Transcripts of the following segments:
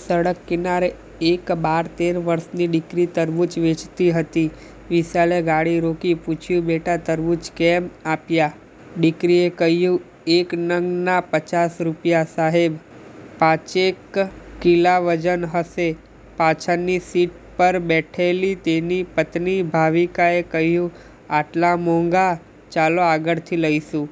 સડક કિનારે એક બાર-તેર વર્ષ ની દીકરી તરબુજ વેચતી હતી, વિશાલે ગાડી રોકી પૂછયું બેટા તરબુજ કેમ આપ્યા? દીકરી એ કહ્યું એક નંગ ના પચાસ રૂપિયા સાહેબ, પાંચેક કિલા વજન હસે, પાછળ ની સીટ પર બેઠેલી તેની પત્ની ભાવિકા એ કહ્યું આટલા મોંઘા, ચાલો આગળ થી લઈશું.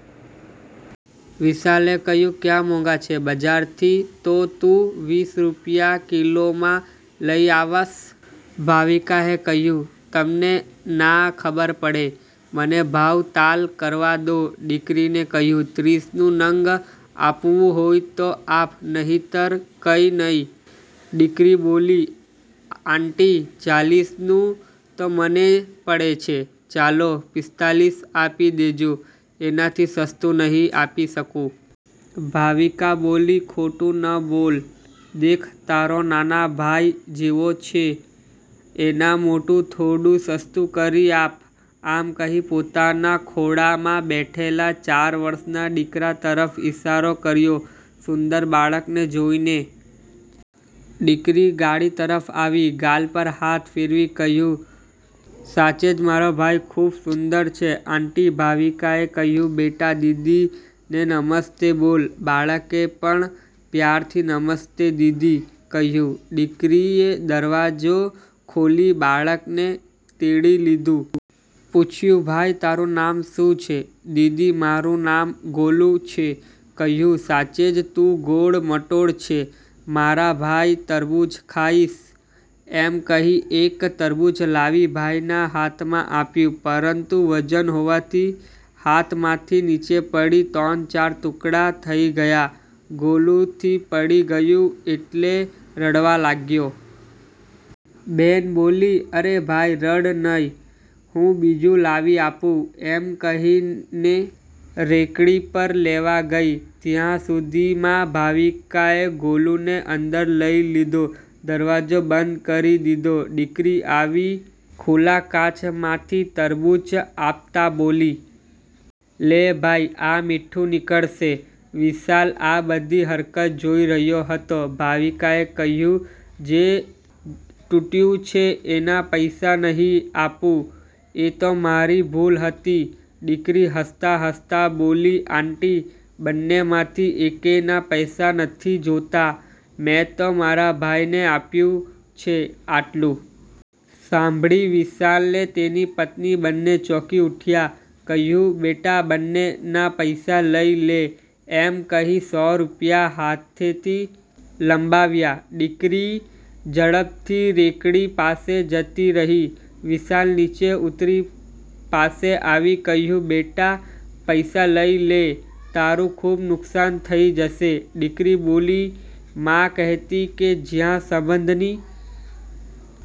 વિશાલે કહ્યું ક્યાં મોંઘા છે, બજાર થી તો તું વીસ રૂપિયા કિલો મા લઈ આવસ. ભાવિકા એ કહ્યું તમને ના ખબર પડે, મને ભાવ તાલ કરવા દો દીકરી ને કહ્યું ત્રીસ નું નંગ આપવું હોઈ તો આપ નહિતર કઈ નય દીકરી બોલી આંટી ચાલીસ નું તો મને પડે છે, ચાલો પિસ્તાલીસ આપી દેજો એનાથી સસ્તું નહી આપી શકું. ભાવિકા બોલી ખોટું ન બોલ. દેખ તારો નાના ભાઈ જેવો છે, એના મોટુ થોડું સસ્તું કરી આપ. આમ કહી પોતાના ખોળા મા બેઠેલા ચાર વર્ષ ના દીકરા તરફ ઈશારો કર્યો. સુંદર બાળક ને જોઇને. દીકરી ગાડી તરફ આવી. ગાલ પર હાથ ફેરવી કહ્યું સાચેજ મારો ભાઈ ખૂબ સુંદર છે આંટી. ભાવિકા એ કહ્યું બેટા દીદી ને નમસ્તે બોલ, બાળકે પણ પ્યાર થી નમસ્તે દીદી. કહ્યું. દીકરી એ દરવાજો ખોલી બાળક ને તેડી લીધું. પૂછયું ભાઈ તારું નામ શું છે.? દીદી મારું નામ ગોલું છે.કહ્યું સાચેજ તું ગોળ મટોળ છે મારા ભાઈ, તરબુજ ખાઈસ? એમ કહી એક તરબુચ લાવી ભાઈ ના હાથ મા આપ્યું, પરંતુ વજન હોવાથી હાથ માથી નીચે પડી ત્રણ ચાર ટુકડા થઈ ગયા, ગોલુ થી પડી ગયું એટલે રડવા લાગ્યો. બેન બોલી અરે ભાઈ રડ નય, હૂં બીજું લાવી આપું, એમ કહી ને રેકડી પર લેવા ગઈ, ત્યાં સુધી મા ભાવિકા એ ગોલુ ને અંદર લઈ લીધો, દરવાજો બંધ કરી દીધો. દીકરી આવી ખુલા કાચ માથી તરબુચ આપતા બોલી. લે ભાઈ આ મીઠું નીકળશે. વિશાલ આ બધી હરકત જોઈ રહ્યો હતો. ભાવિકા એ કહ્યું જે તૂટ્યું છે એના પૈસા નહી આપું, એ તો મારી ભુલ હતી. દિકરી હસતા હસતા બોલી આંટી બન્ને માથી એકેય ના પૈસા નથી જોતા, મે તો મારા ભાઈ ને આપ્યું છે.આટલું સાંભળી વિશાલ ને તેની પત્ની બન્ને ચોંકી ઉઠ્યા, કહ્યું બેટા બન્ને ના પૈસા લઈ લે. એમ કહી સો રૂપિયા હાથેથી લંબાવિયા, દિકરી ઝડપથી રેકડી પાસે જતી રહી, વિશાલ નીચે ઉતરી પાસે આવી કહ્યું બેટા પૈસા લઈ લે, તારું ખૂબ નુકસાન થઈ જશે. દિકરી બોલી.મા કહેતી કે જ્યાં સંબંધ ની